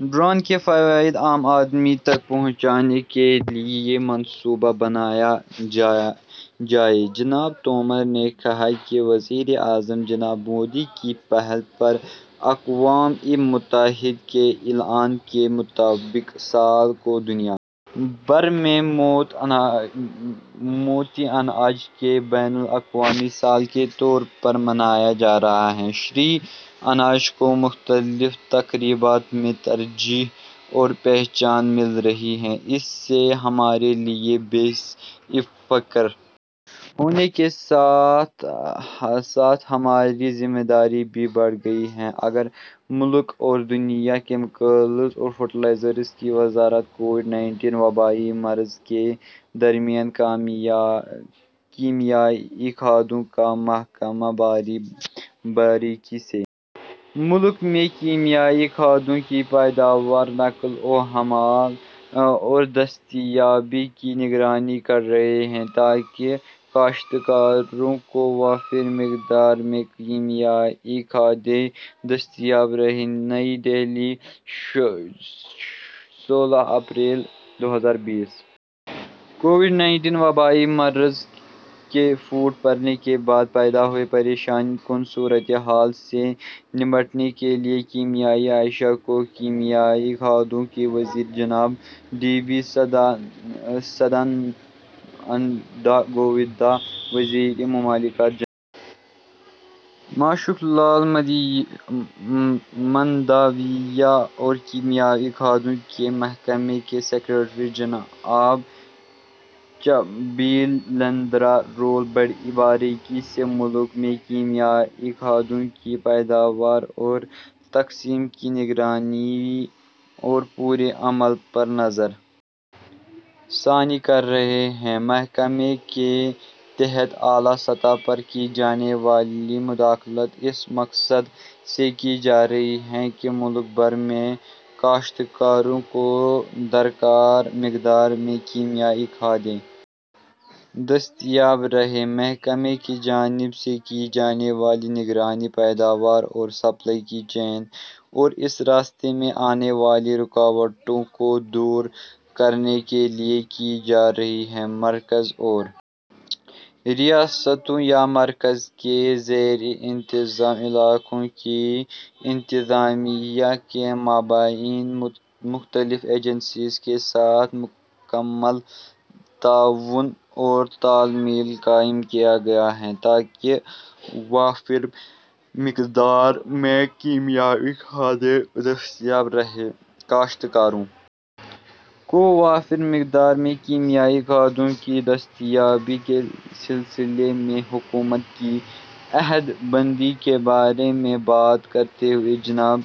drone کے فوائد عام آدمی تک پہنچانے کے لیے منصوبہ بنایا جائے جناب تومر نے کہا کہ وزیر اعظم جناب مودی کی پہل پر اقوام متحدہ کے اعلان کے مطابق سال کو دنیا بھر میں موٹے اناج کے بین الاقوامی سال کے طور پر منایا جا رہا ہے شری ان کو مختلف تقریبات میں ترجیح اور پہچان مل رہی ہے اس سے ہمارے لیے باعث فخر ہونے کے ساتھ ساتھ ہماری ذمہ داری بھی بڑھ گئی ہے اگر ملک اور دنیا کیمیکلز اور فرٹیلائزر کی وزارت کووڈ انیس وبائی مرض کے درمیان کیمیاوی کھادوں کا محکمہ بڑی باریکی سے ملک میں کیمیاوی کھادوں کی پیداوار نقل و حمل اور دستیابی کی نگرانی کر رہا ہے تاکہ کاشتکاروں کو وافر مقدار میں کیمیاوی کھادیں دستیاب رہیں نئی دہلی سولہ اپریل دو ہزار بیس کووڈ انیس وبائی مرض کے پھوٹ پڑنے کے بعد پیدا ہوئی پریشان کن صورتحال سے نمٹنے کے لیے کیمیاوی اشیا اور کیمیاوی کھادوں کے وزیر جناب ڈی وی سدانند گوڑا وزیر مملکت جناب من سکھ لال منڈاویہ اور کیمیاوی کھادوں کے محکمے کے سکریٹری جناب چھبی لیندر راؤل بڑی باریکی سے ملک میں کیمیاوی کھادوں کی پیداوار اور تقسیم کی نگرانی اور پورے عمل پر نظر ثانی کر رہے ہیں محکمے کے تحت اعلیٰ سطح پر کی جانے والی دخل اندازی اس مقصد سے کی جا رہی ہے کہ ملک بھر میں کاشتکاروں کو درکار مقدار میں کیمیاوی کھادیں دستیاب رہیں محکمے کی جانب سے کی جانے والی نگرانی پیداوار اور سپلائی کی چین اور اس راستے میں آنے والی رکاوٹوں کو دور کرنے کے لیے کی جا رہی ہے مرکز اور ریاستوں یا مرکز کے زیر انتظام علاقوں کی انتظامیہ کے مابین مختلف ایجنسیوں کے ساتھ مکمل تعاون اور تال میل قائم کیا گیا ہے تاکہ وافر مقدار میں کیمیاوی کھادیں دستیاب رہیں کاشتکاروں کو وافر مقدار میں کیمیاوی کھادوں کی دستیابی کے سلسلے میں حکومت کی عہد بندگی کے بارے میں بات کرتے ہوئے جناب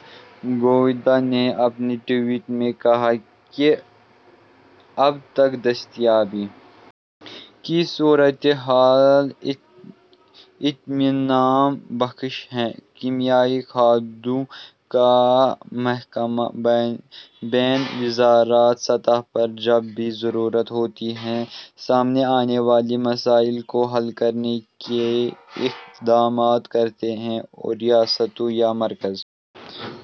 گوڑا نے اپنے ٹویٹ میں کہا ہے کہ اب تک دستیابی کی صورتحال اطمینان بخش ہے کیمیاوی کھادوں کا محکمہ بین وزارتی سطح پر جب بھی ضرورت ہوتی ہے سامنے آنے والے مسائل کو حل کرنے کے اقدام کرتا ہے اور ریاستوں یا مرکز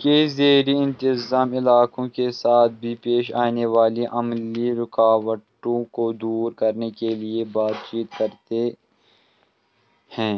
کے زیر انتظام علاقوں کے ساتھ بھی پیش آنے والی عملی رکاوٹوں کو دور کرنے کے لیے بات چیت کرتا ہے